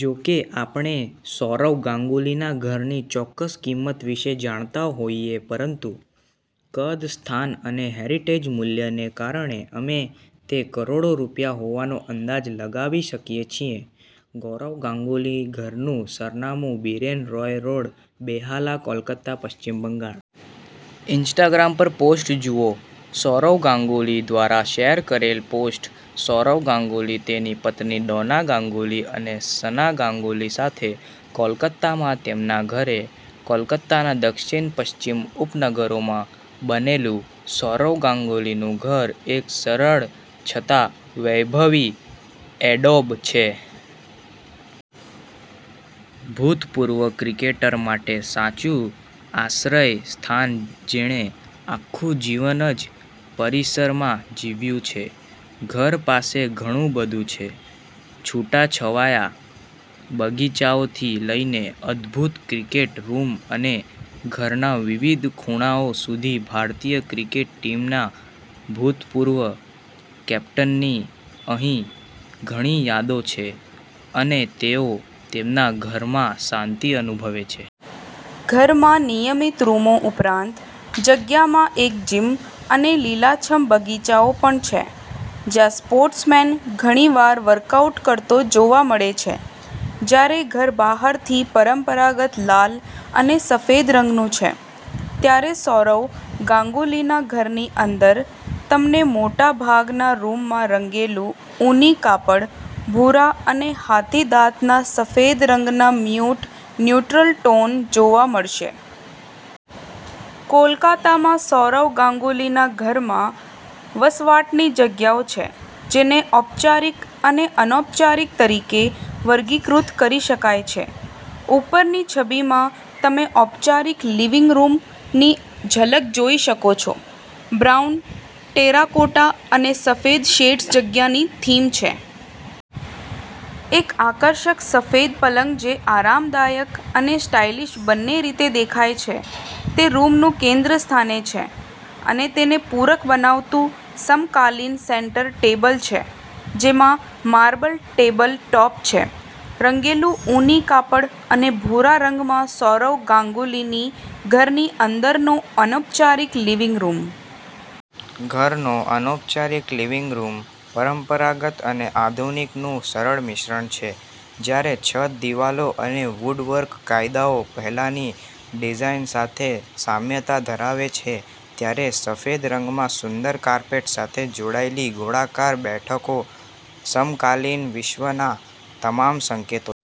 જો કે આપણે સૌરવ ગાંગુલીના ઘરની ચોક્કસ કિંમત વિશે જાણતા હોઈએ પરંતુ કદ, સ્થાન અને હેરિટેજ મૂલ્યને કારણે અમે તે કરોડો રૂપિયા હોવાનો અંદાજ લગાવી શકીએ છીએ. સૌરવ ગાંગુલી ઘરનું સરનામું બીરેન રોય રોડ, બેહાલા, કોલકાતા, પશ્ચિમ બંગાળ. ઇન્સ્ટાગ્રામ પર પોસ્ટ જુઓ સૌરવ ગાંગુલી દ્વારા શેર કરાયેલ પોસ્ટ સૌરવ ગાંગુલી તેની પત્ની ડોના ગાંગુલી અને સના ગાંગુલી સાથે કોલકાતામાં તેમના ઘરે. કોલકાતાના દક્ષિણ-પશ્ચિમ ઉપનગરોમાં બનેલું સૌરવ ગાંગુલીનું ઘર એક સરળ છતાં વૈભવી એડોબ છે. ભૂતપૂર્વ ક્રિકેટર માટે સાચું આશ્રયસ્થાન જેણે આખું જીવન જ પરિસરમાં જીવ્યું છે. ઘર પાસે ઘણું બધું છે. છૂટાછવાયા બગીચાઓથી લઈને અદ્ભુત ક્રિકેટ રૂમ અને ઘરના વિવિધ ખૂણાઓ સુધી ભારતીય ક્રિકેટ ટીમના ભૂતપૂર્વ કેપ્ટનની અહીં ઘણી યાદો છે અને તેઓ તેમના ઘરમાં શાંતિ અનુભવે છે. ઘરમાં નિયમિત રૂમો ઉપરાંત, જગ્યામાં એક જિમ અને લીલાછમ બગીચાઓ પણ છે જ્યાં સ્પોર્ટ્સમેન ઘણીવાર વર્કઆઉટ કરતો જોવા મળે છે. જ્યારે ઘર બહારથી પરંપરાગત લાલ અને સફેદ રંગનું છે, ત્યારે સૌરવ ગાંગુલીના ઘરની અંદર તમને મોટાભાગના રૂમમાં રંગેલું ઊની કાપડ, ભૂરા અને હાથીદાંતના સફેદ રંગના મ્યૂટ ન્યુટ્રલ ટોન જોવા મળશે. કોલકાતામાં સૌરવ ગાંગુલીના ઘરમાં વસવાટની જગ્યાઓ છે જેને ઔપચારિક અને અનૌપચારિક તરીકે વર્ગીકૃત કરી શકાય છે. ઉપરની છબીમાં તમે ઔપચારિક લિવિંગ રૂમની ઝલક જોઈ શકો છો. બ્રાઉન, ટેરાકોટા અને સફેદ શેડ્સ જગ્યાની થીમ છે. એક આકર્ષક સફેદ પલંગ જે આરામદાયક અને સ્ટાઇલિશ બંને રીતે દેખાય છે તે રૂમનું કેન્દ્રસ્થાને છે અને તેને પૂરક બનાવતું સમકાલીન સેન્ટર ટેબલ છે જેમાં માર્બલ ટેબલ ટોપ છે. રંગેલું ઊની કાપડ અને ભૂરા રંગમાં સૌરવ ગ્નાગુલી ઘરની અંદરનો અનૌપચારિક લિવિંગ રૂમ. ઘરનો અનૌપચારિક લિવિંગ રૂમ પરંપરાગત અને આધુનિકનું સરળ મિશ્રણ છે. જ્યારે છત, દિવાલો અને વુડવર્ક દાયકાઓ પહેલાની ડિઝાઈન સાથે સામ્યતા ધરાવે છે, ત્યારે સફેદ રંગમાં સુંદર કાર્પેટ સાથે જોડાયેલી ગોળાકાર બેઠકો સમકાલીન વિશ્વના તમામ સંકેતો છે.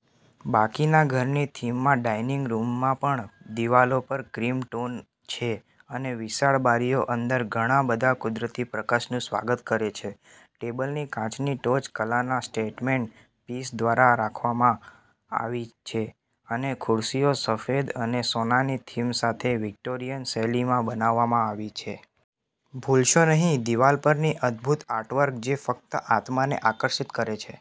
બાકીના ઘરની થીમમાં, ડાઇનિંગ રૂમમાં પણ દિવાલો પર ક્રીમ ટોન છે અને વિશાળ બારીઓ અંદર ઘણા બધા કુદરતી પ્રકાશનું સ્વાગત કરે છે. ટેબલની કાચની ટોચ કલાના સ્ટેટમેન્ટ પીસ દ્વારા રાખવામાં આવી છે અને ખુરશીઓ સફેદ અને સોનાની થીમ સાથે વિક્ટોરિયન શૈલીમાં બનાવવામાં આવી છે. ભૂલશો નહીં દિવાલ પરની અદભૂત આર્ટવર્ક જે ફક્ત આત્માને આકર્ષિત કરે છે.